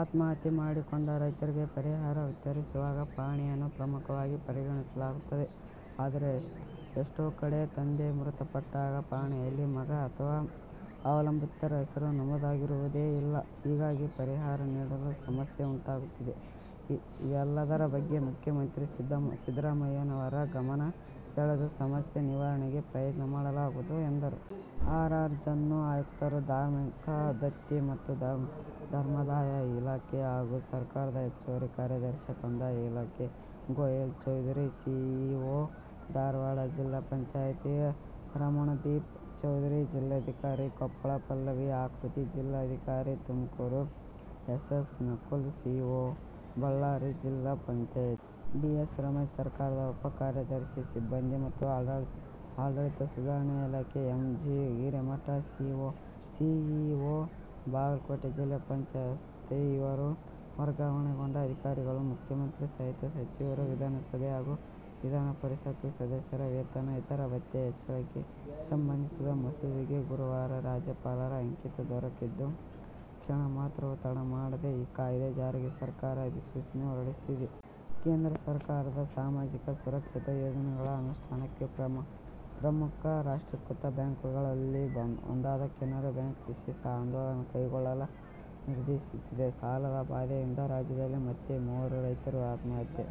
ಆತ್ಮಹತ್ಯೆ ಮಾಡಿಕೊಂಡ ರೈತರಿಗೆ ಪರಿಹಾರ ವಿತರಿಸುವಾಗ ಪಹಣಿಯನ್ನು ಪ್ರಮುಖವಾಗಿ ಪರಿಗಣಿಸಲಾಗುತ್ತದೆ. ಆದರೆ, ಎಷ್ಟೋ ಕಡೆ ತಂದೆ ಮೃತಪಟ್ಟಾಗ ಪಹಣಿಯಲ್ಲಿ ಮಗ ಅಥವಾ ಅವಲಂಬಿತರ ಹೆಸರು ನಮೂದಾಗಿರುವುದೇ ಇಲ್ಲ. ಹೀಗಾಗಿ ಪರಿಹಾರ ನೀಡಲು ಸಮಸ್ಯೆ ಉಂಟಾಗುತ್ತಿದೆ. ಇವೆಲ್ಲದರ ಬಗ್ಗೆ ಮುಖ್ಯಮಂತ್ರಿ ಸಿದ್ದರಾಮಯ್ಯನವರ ಗಮನ ಸೆಳೆದು ಸಮಸ್ಯೆ ನಿವಾರಣೆಗೆ ಪ್ರಯತ್ನ ಮಾಡಲಾಗುವುದು ಎಂದರು. ಆರ್. ಆರ್. ಜನ್ನು- ಆಯುಕ್ತರು, ಧಾರ್ಮಿಕ ದತ್ತಿ ಮತ್ತು ಧರ್ಮಾದಾಯ ಇಲಾಖೆ ಹಾಗೂ ಸರ್ಕಾರದ ಹೆಚ್ಚುವರಿ ಕಾರ್ಯದರ್ಶಿ, ಕಂದಾಯ ಇಲಾಖೆ. ಗೊಯಲ್ ಚೌಧರಿ- ಸಿಇಓ, ಧಾರವಾಡ ಜಿಲ್ಲಾ ಪಂಚಾಯತಿ. ರಮಣದೀಪ್ ಚೌಧರಿ- ಜಿಲ್ಲಾಧಿಕಾರಿ, ಕೊಪ್ಪಳ. ಪಲ್ಲವಿ ಆಕೃತಿ- ಜಿಲ್ಲಾಧಿಕಾರಿ, Tumakuru. S. S. Nakul- CEO, Ballari ಜಿಲ್ಲಾ ಪಂಚಾಯತಿ. ಡಿ. ಎಸ್. ರಮೇಶ್- ಸರ್ಕಾರದ ಉಪ ಕಾರ್ಯದರ್ಶಿ, ಸಿಬ್ಬಂದಿ ಮತ್ತು ಆಡಳಿತ ಸುಧಾರಣೆ ಇಲಾಖೆ. M. G. Hiremath- CEO, Bagalkot ಜಿಲ್ಲಾ ಪಂಚಾಯತಿ, ಇವರು ವರ್ಗಾವಣೆಗೊಂಡ ಅಧಿಕಾರಿಗಳು. ಮುಖ್ಯಮಂತ್ರಿ ಸಹಿತ ಸಚಿವರು, ವಿಧಾನಸಭೆ ಹಾಗೂ ವಿಧಾನ ಪರಿಷತ್ ಸದಸ್ಯರ ವೇತನ, ಇತರ ಭತ್ತೆ ಹೆಚ್ಚಳಕ್ಕೆ ಸಂಬಂಧಿಸಿದ ಮಸೂದೆಗೆ ಗುರುವಾರ ರಾಜ್ಯಪಾಲರ ಅಂಕಿತ ದೊರಕಿದ್ದು, ಕ್ಷಣ ಮಾತ್ರವೂ ತಡ ಮಾಡದೆ ಈ ಕಾಯ್ದೆ ಜಾರಿಗೆ ಸರಕಾರ ಅಧಿಸೂಚನೆ ಹೊರಡಿಸಿದೆ. ಕೇಂದ್ರ ಸರ್ಕಾರದ ಸಾಮಾಜಿಕ ಸುರಕ್ಷತಾ ಯೋಜನೆಗಳ ಅನುಷ್ಠಾನಕ್ಕೆ ಪ್ರಮುಖ ರಾಷ್ಟ್ರೀಕೃತ ಬ್ಯಾಂಕ್ಗಳಲ್ಲಿ ಒಂದಾದ ಕೆನರಾ ಬ್ಯಾಂಕ್ ವಿಶೇಷ ಆಂದೋಲನ ಕೈಗೊಳ್ಳಲು ನಿರ್ಧರಿಸಿದೆ. ಸಾಲದ ಬಾಧೆಯಿಂದ ರಾಜ್ಯದಲ್ಲಿ ಮತ್ತೆ ಮೂವರು ರೈತರು ಆತ್ಮಹತ್ಯೆ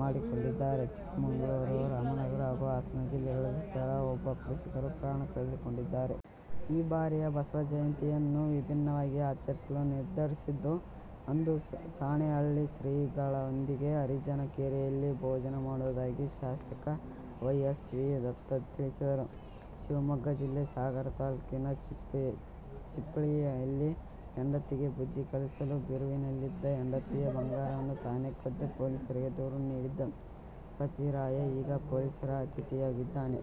ಮಾಡಿಕೊಂಡಿದ್ದಾರೆ. ಚಿಕ್ಕಮಗಳೂರು, ರಾಮನಗರ ಹಾಗೂ ಹಾಸನ ಜಿಲ್ಲೆಗಳಲ್ಲಿ ತಲಾ ಒಬ್ಬ ಕೃಷಿಕರು ಪ್ರಾಣ ಕಳೆದುಕೊಂಡಿದ್ದಾರೆ. ಈ ಬಾರಿಯ ಬಸವ ಜಯಂತಿ ಯನ್ನು ವಿಭಿನ್ನವಾಗಿ ಆಚರಿಸಲು ನಿರ್ಧರಿಸಿದ್ದು, ಅಂದು ಸಾಣೇಹಳ್ಳಿ ಶ್ರೀಗಳೊಂದಿಗೆ ಹರಿಜನ ಕೇರಿಯಲ್ಲಿ ಭೋಜನ ಮಾಡುವುದಾಗಿ ಶಾಸಕ ವೈ. ಎಸ್. ವಿ. ದತ್ತ ತಿಳಿಸಿದರು. ಶಿವಮೊಗ್ಗ ಜಿಲ್ಲೆ ಸಾಗರ ತಾಲೂಕಿನ ಚಿಪ್ಳಿಯಲ್ಲಿ ಹೆಂಡತಿಗೆ ಬುದ್ಧಿ ಕಲಿಸಲು ಬೀರುವಿನಲ್ಲಿದ್ದ ಹೆಂಡತಿಯ ಬಂಗಾರವನ್ನು ತಾನೇ ಕದ್ದು, ಪೊಲೀಸರಿಗೆ ದೂರು ನೀಡಿದ್ದ ಪತಿರಾಯ ಈಗ ಪೊಲೀಸರ ಅತಿಥಿಯಾಗಿದ್ದಾನೆ.